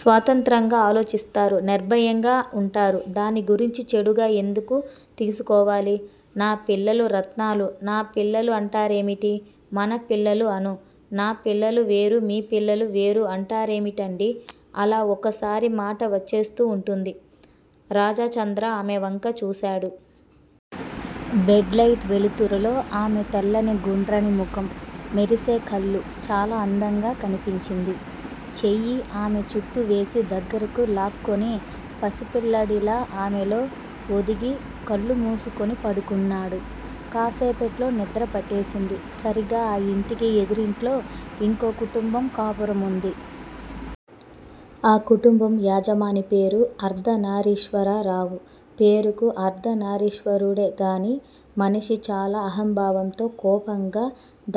స్వతంత్రంగా ఆలోచిస్తారు. నిర్భయంగా ఉంటారు. దాన్ని గురించి చెడుగా ఎందుకు తీసుకోవాలి? నా పిల్లలు రత్నాలు. నా పిల్లలు అంటావేమిటి? మన పిల్లలు అను. నా పిల్లలు వేరు మీ పిల్లలు వేరు ఉంటారేమిటండీ? అలా ఒక్కోసారి మాట వచ్చేస్తూ ఉంటుంది. రాజాచంద్ర ఆమెవంక చూశాడు. బెడ్ లైట్ వెలుతురులో ఆమె తెల్లని గుండ్రని ముఖం, మెరిసే కళ్ళు చాలా అందంగా కనిపించింది. చెయ్యి ఆమె చుట్టూ వేసి దగ్గరకు లాక్కుని పసిపిల్లాడిలా ఆమెలో ఒదిగి కళ్ళు మూసుకుని పడుకున్నాడు. కాసేపట్లో నిద్రపట్టేసింది. సరిగ్గా ఆ ఇంటికి ఎదురింట్లో ఇంకో కుటుంబం కాపురముంది. ఆ కుటుంబం యజమాని పేరు అర్ధనారిశ్వరరావు. పేరుకు అర్దానారిశ్వరుడేగాని మనిషి చాలా అహంభావంతో, కోపంగా,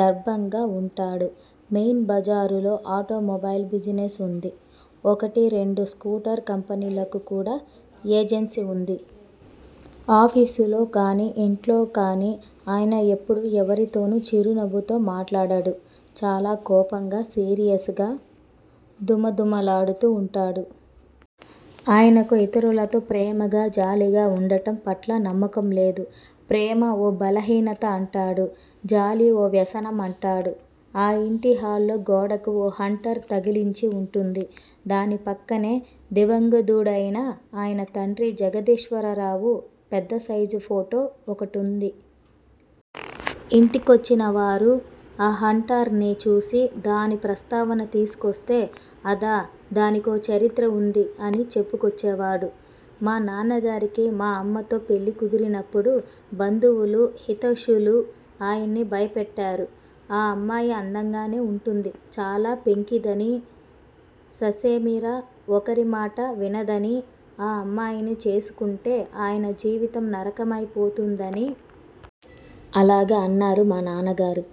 దర్భంగా ఉంటాడు. మెయిన్ బజారులో ఆటోమొబైల్ బిజినెస్ ఉంది. ఒకటి రెండు స్కూటర్ కంపెనీలకు కూడా ఏజెన్సీ ఉంది. ఆఫీసులో కాని ఇంట్లోకాని ఆయన ఎప్పుడూ ఎవరితోనూ చిరునవ్వుతో మాట్లాడడు. చాలా కోపంగా, సీరియస్ గా, ధుమధుమలాడుతూ ఉంటాడు. ఆయనకు ఇతరులతో ప్రేమగా, జాలిగా ఉండటం పట్ల నమ్మకం లేదు. ప్రేమ ఓ బలహీనత అంటాడు. జాలి ఓ వ్యసనం అంటాడు. ఆ ఇంటి హాల్లో గోడకు ఓ హంటర్ తగిలించి ఉంటుంది. దాని పక్కనే దివంగతుడైన అయన తండ్రి జగదీశ్వరరావు పెద్దసైజు ఫోటో ఒకటుంది. ఇంటికొచ్చినవారు ఆ హంటర్ ని చూసి, దాని ప్రస్తావన తీసుకొస్తే- అదా? దానికో చరిత్ర ఉంది అని చెప్పుకొచ్చేవాడు. మా నాన్నగారికి మా అమ్మతో పెళ్ళి కుదిరినప్పుడు బంధువులూ, హితాషులూ ఆయన్ని భయపెట్టారు. ఆ అమ్మాయి అందంగానే ఉంటుంది, చాలా పెంకిదనీ, ససేమిరా ఒకరిమాట వినదనీ, ఆ అమ్మాయిని చేసుకుంటే ఆయన జీవితం నరకమైపోతుందనీ. 'అలాగా'అన్నారు మా నాన్నగారు.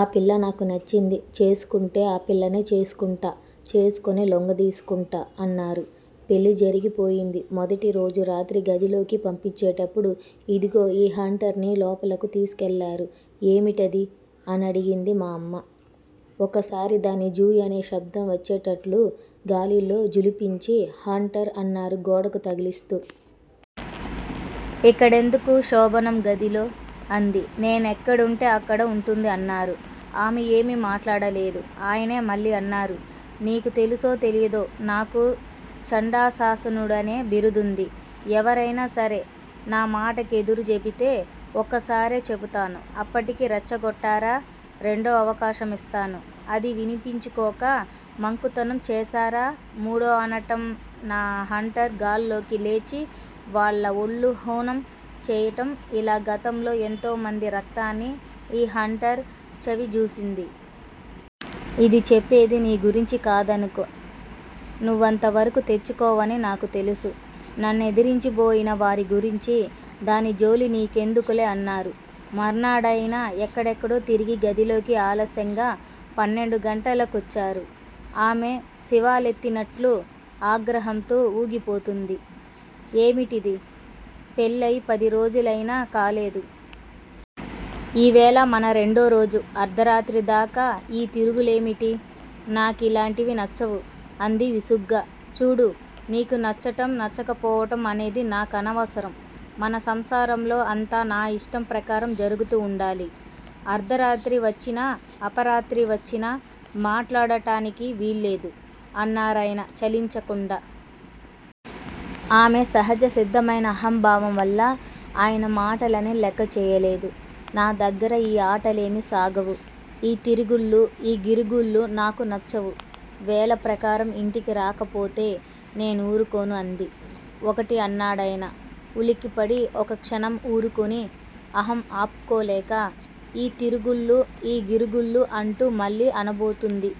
ఆ పిల్ల నాకు నచ్చింది. చేసుకుంటే ఆ పిల్లనే చేసుకుంటా, చేసుకుని లొంగదీసుకుంటా అన్నారు. పెళ్ళి జరిగిపోయింది. మొదటిరోజు రాత్రి గదిలోకి పంపించేటప్పుడు, ఇదిగో ఈ హంటర్ నీ లోపలకు తీసుకెళ్ళారు. 'ఏమిటది? ' అనడిగింది మా అమ్మ. ఒక్కసారి దాన్ని 'జుయ్'మనే శబ్దం వచ్చేటట్లు గాలిలో ఝుళిపించి 'హంటర్'అన్నారు గోడకు తగిలిస్తూ. 'ఇక్కడెందుకు శోభనం గదిలో' అంది. 'నేనెక్కడుంటే అక్కడ ఉంటుంది'అన్నారు. ఆమె ఏమీ మాట్లాడలేదు. ఆయనే మళ్లీ అన్నారు. నీకు తెలుసో తెలీదో నాకు చండశాసనుడనే బిరుదుంది. ఎవరైనా సరే నామాటకెదురు చెబితే ఒక్కసారే చెబుతాను. అప్పటికీ రెచ్చగొట్టారా? రెండో అవకాశమిస్తాను. అదీ వినిపించుకోక మంకుతనం చేశారా, మూడు అనటం నా హంటర్ గాల్లోకి లేచి వాళ్ళ ఒళ్ళు హూనం చెయ్యటం ఇలా గతంలో ఎంతోమంది రక్తాన్ని ఈ హంటర్ చవిజూసింది. ఇది చెప్పేది నీ గురించి కాదనుకో నువ్వంతవరకూ తెచ్చుకావని నాకు తెలుసు. నన్నెదిరించబోయిన వారి గురించి దాని జోలి నీకెందుకులే అన్నారు. మర్నాడాయన ఎక్కడెక్కడో తిరిగి గదిలోకి ఆలస్యంగా పన్నెండు గంటల కొచ్చారు. ఆమె శివాలెత్తినట్లు ఆగ్రహంతో ఊగిపోతుంది. 'ఏమిటిది? పెళ్ళయి పది రోజులయినా కాలేదు. ఇవేళ మన రెండో రోజు అర్ధరాత్రి దాకా ఈ తిరుగుళ్ళేమిటి? నా కిలాంటివి నచ్చవు' అంది విసుగ్గా 'చూడూ! నీకు నచ్చటం నచ్చకపోవటం అనేది నా కనవసరం మన సంసారంలో అంతా నా ఇష్ట ప్రకారం జరుగుతూ ఉండాలి. అర్దరాత్రి వచ్చినా, అపరాత్రి వచ్చినా మాట్లాడటానికి వీల్లేదు' అన్నారాయన చలించకుండా. ఆమెలో సహజసిద్దమైన అహంభావం వల్ల ఆయన మాటలని లెక్క చెయ్యలేదు నా దగ్గర ఈ ఆటలేమీ సాగవు. ఈ తిరుగుళ్ళూ, గిరుగుళ్ళూ నాకు నచ్చవు. వేళప్రకారం ఇంటికి రాకపోతే నేనూరుకోను అంది. ఒకటి అన్నాడాయన. ఉలిక్కిపడి ఒక్కక్షణం ఊరుకుని, అహం ఆపుకోలేక 'ఈ తిరుగుళ్ళూ, గిరుగుళ్ళూ అంటూ మళ్ళీ అనబోతుంది.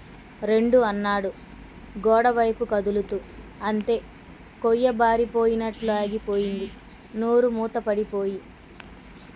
రెండు అన్నాడు గోడవైపు కదులుతూ. అంతే, కొయ్యబారిపోయి నట్లాగిపోయింది. నోరు మూతపడిపోయి,